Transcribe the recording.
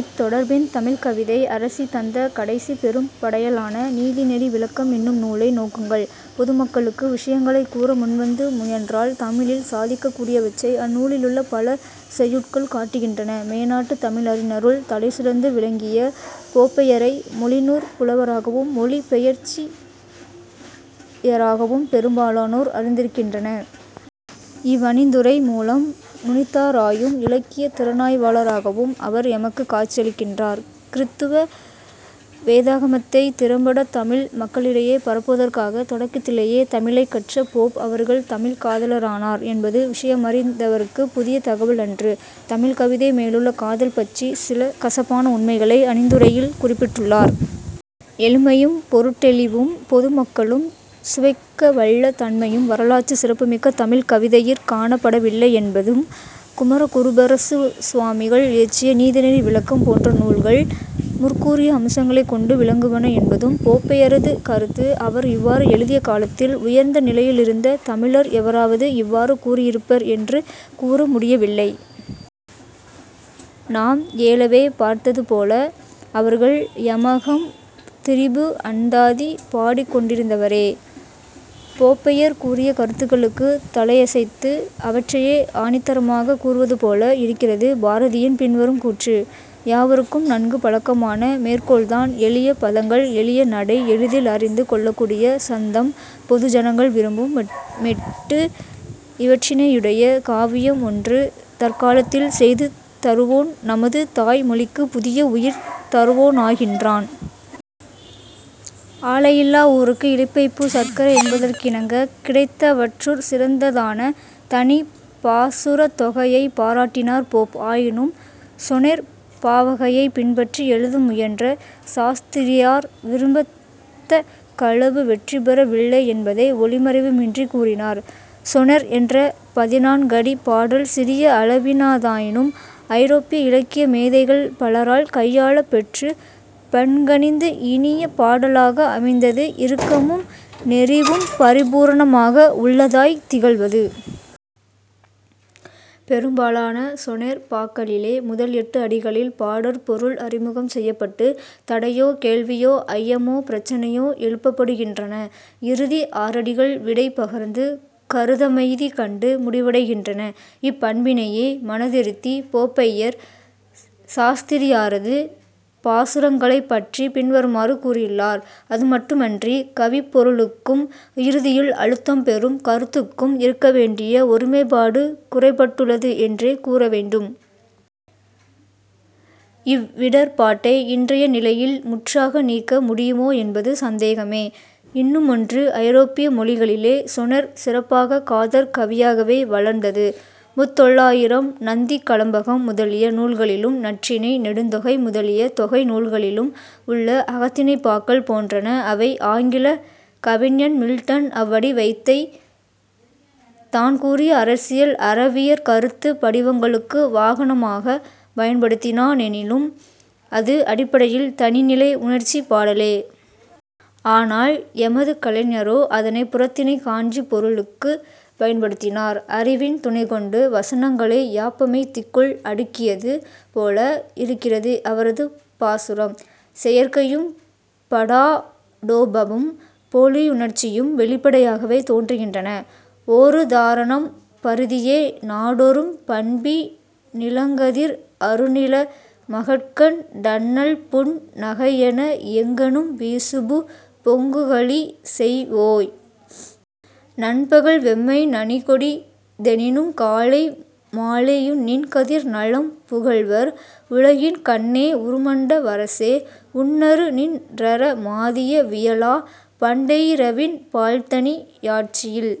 இத்தொடர்பின் தமிழ்க் கவிதை அரசி தந்த கடைசிப் பெரும் படையலான நீதிநெறி விளக்கம் என்னும் நூலை நோக்குங்கள். பொதுமக்களுக்கு விஷயங்களைக் கூற முன்வந்து முயன்றால் தமிழில் சாதிக்கக்கூடியவற்றை அந்நூலிலுள்ள பல செய்யுட்கள் காட்டுகின்றன. " மேனாட்டுத் தமிழறிஞருள் தலைசிறந்து விளங்கிய போப்பையரை மொழிநூற் புலவராகவும் மொழி பெயர்ப்பாசிரியராகவுமே பெரும்பாலானோர் அறிந்திருக்கின்றனர். இவ்வணிந்துரை மூலம் நுனித்தாராயும் இலக்கியத் திறனாய்வாளராகவும் அவர் எமக்குக் காட்சியளிக்கின்றார். கிறித்துவ வேதாகமத்தைத் திறம்பட தமிழ் மக்களிடையே பரப்புவதற்காக தொடக்கத்திலே தமிழைக்கற்ற போப் அவர்கள் தமிழ் காதலரானார் என்பது விஷயமறிந்தவர்க்குப் புதிய தகவல் அன்று. தமிழ் கவிதை மேலுள்ள காதல் பற்றிச் சில "கசப்பான" உண்மைகளை அணிந்துரையில் குறிப்பிட்டுள்ளார். எளிமையும், பொருட்டௌிவும், பொது மக்களும் சுவைக்கவல்ல தன்மையும் வரலாற்றுச் சிறப்பு மிக்க தமிழ்க் கவிதையிற் காணப்படவில்லை என்பதும், குமரகுருபரசுவாமிகள் இயற்றிய நீதிநெறி விளக்கம் போன்ற நூல்கள் முற்கூறிய அம்சங்களைக் கொண்டு விளங்குவன என்பதும் போப்பையரது கருத்து. அவர் இவ்வாறு எழுதிய காலத்தில் உயர்ந்த நிலையிலிருந்த தமிழர் எவராவது இவ்வாறு கூறியிருப்பர் என்று கூற முடியவில்லை. நாம் ஏலவே பார்த்ததுபோல அவர்கள் 'யமகம் திரிபு அந்தாதி' பாடிக்கொண்டிருந்தவரே. போப்பையர் கூறிய கருத்துக்களுக்குத் தலையசைத்து அவற்றையே ஆணித்தரமாகக் கூறுவதுபோல இருக்கிறது பாரதியின் பின்வரும் கூற்று. யாவருக்கும் நன்கு பழக்கமான மேற்கோள்தான்: "எளிய பதங்கள், எளிய நடை, எளிதில் அறிந்து கொள்ளக்கூடிய சந்தம், பொது ஜனங்கள் விரும்பும் மெட்டு இவற்றினையுடைய காவியம் ஒன்று தற்காலத்தில் செய்து தருவோன் நமது தாய் மொழிக்குப் புதிய உயிர் தருவோனாகின்றான். " ஆலையில்லா ஊருக்கு இலுப்பைப்பூ சர்க்கரை என்பதற்கிணங்க, கிடைத்தவற்றுட் சிறந்ததான தனிப்பாசுரத் தொகையைப் பாராட்டினார் போப். ஆயினும் 'சொனெற்' பாவகையைப் பின்பற்றி எழுத முயன்ற சாஸ்திரியார் விரும்பத்தக்களவு வெற்றிபெற வில்லை என்பதை ஒளிமறைவுவின்றிக் கூறினார். 'சொனெற்' என்ற பதினான்கடிப் பாடல் சிறிய அளவினதாயினும், ஐரோப்பிய இலக்கிய மேதைகள் பலரால் கையாளப் பெற்றுப் பண்கனிந்து இனிய பாடலாக அமைந்தது; இறுக்கமும் நெறிவும் பரிபூரணமாக உள்ளதாய்த் திகழ்வது. பெரும் பாலான சொனெற் பாக்களிலே, முதல் எட்டு அடிகளில் பாடற் பொருள் அறிமுகம் செய்யப்பட்டுத் தடையோ, கேள்வியோ, ஐயமோ, பிரச்சினையோ எழுப்பப்படுகின்றன. இறுதி ஆறடிகள் விடை பகர்ந்து, கருத்தமைதி கண்டு முடிவடைகின்றன. இப்பண்பினையே மனந்திருத்திப் போப்பையர் சாஸ்திரியாரது பாசுரங்களைப் பற்றிப் பின்வருமாறு கூறியுள்ளார்: "... அதுமட்டு மன்றிக் கவிப்பொருளுக்கும் இறுதியில் அழுத்தம் பெறும் கருத்துக்கும் இருக்கவேண்டிய ஒருமைப்பாடு குறைபட்டுள்ளது என்றே கூறவேண்டும். இவ்விடர்ப்பாட்டை இன்றைய நிலையில் முற்றாக நீக்க முடியுமோ என்பது சந்தேகமே. " இன்னுமொன்று, ஐரோப்பிய மொழிகளிலே 'சொனெற்' சிறப்பாகக் காதற் கவியாகவே வளர்ந்தது. முத்தொள்ளாயிரம், நந்திக்கலம்பகம், முதலிய நூல்களிலும், நற்றிணை, நெடுந்தொகை முதலிய தொகை நூல்களிலும் உள்ள அகத்திணைப் பாக்கள் போன்றன அவை. ஆங்கிலக் கவிஞன் மில்டன் அவ்வடிவத்தைத் தான் கூறிய அரசியல், அறவியற் கருத்துப் படிவங்களுக்கு வாகனமாகப் பயன்படுத்தினா னெனினும், அது அடிப்படையில் தனிநிலை உணர்ச்சிப்பாடலே. ஆனால் எமது கலைஞரோ, அதனைப் புறத்திணைக் காஞ்சிப் பொருளுக்குப் பயன்படுத்தினார். அறிவின் துணைகொண்டு வசனங்களை யாப்பமைதிக்குள் அடுக்கியது போல இருக்கிறது அவரது பாசுரம். செயற்கையும் படாடோபமும் போலியுணர்ச்சியும் வௌிப்படையாகவே தோன்றுகின்றன. ஓருதாரணம்: "பரிதியே! நாடொறும் பண்பி னிளங்கதிர் அருநில மகட்கண் டண்ணல்புன் னகையென எங்கணும் வீசுபு பொங்குகளி சொய்வோய்! நண்பகல் வெம்மை நனிகொடி தெனினுங் காலை மாலையுநின் கதிர் நலம் புகழ்வர் உலகின் கண்ணே! உறுமண்ட வரசே! உன்னரு னின்றற மாதிய வியலா; பண்டையிரவின் பாழ்த்தனி யாட்சியில்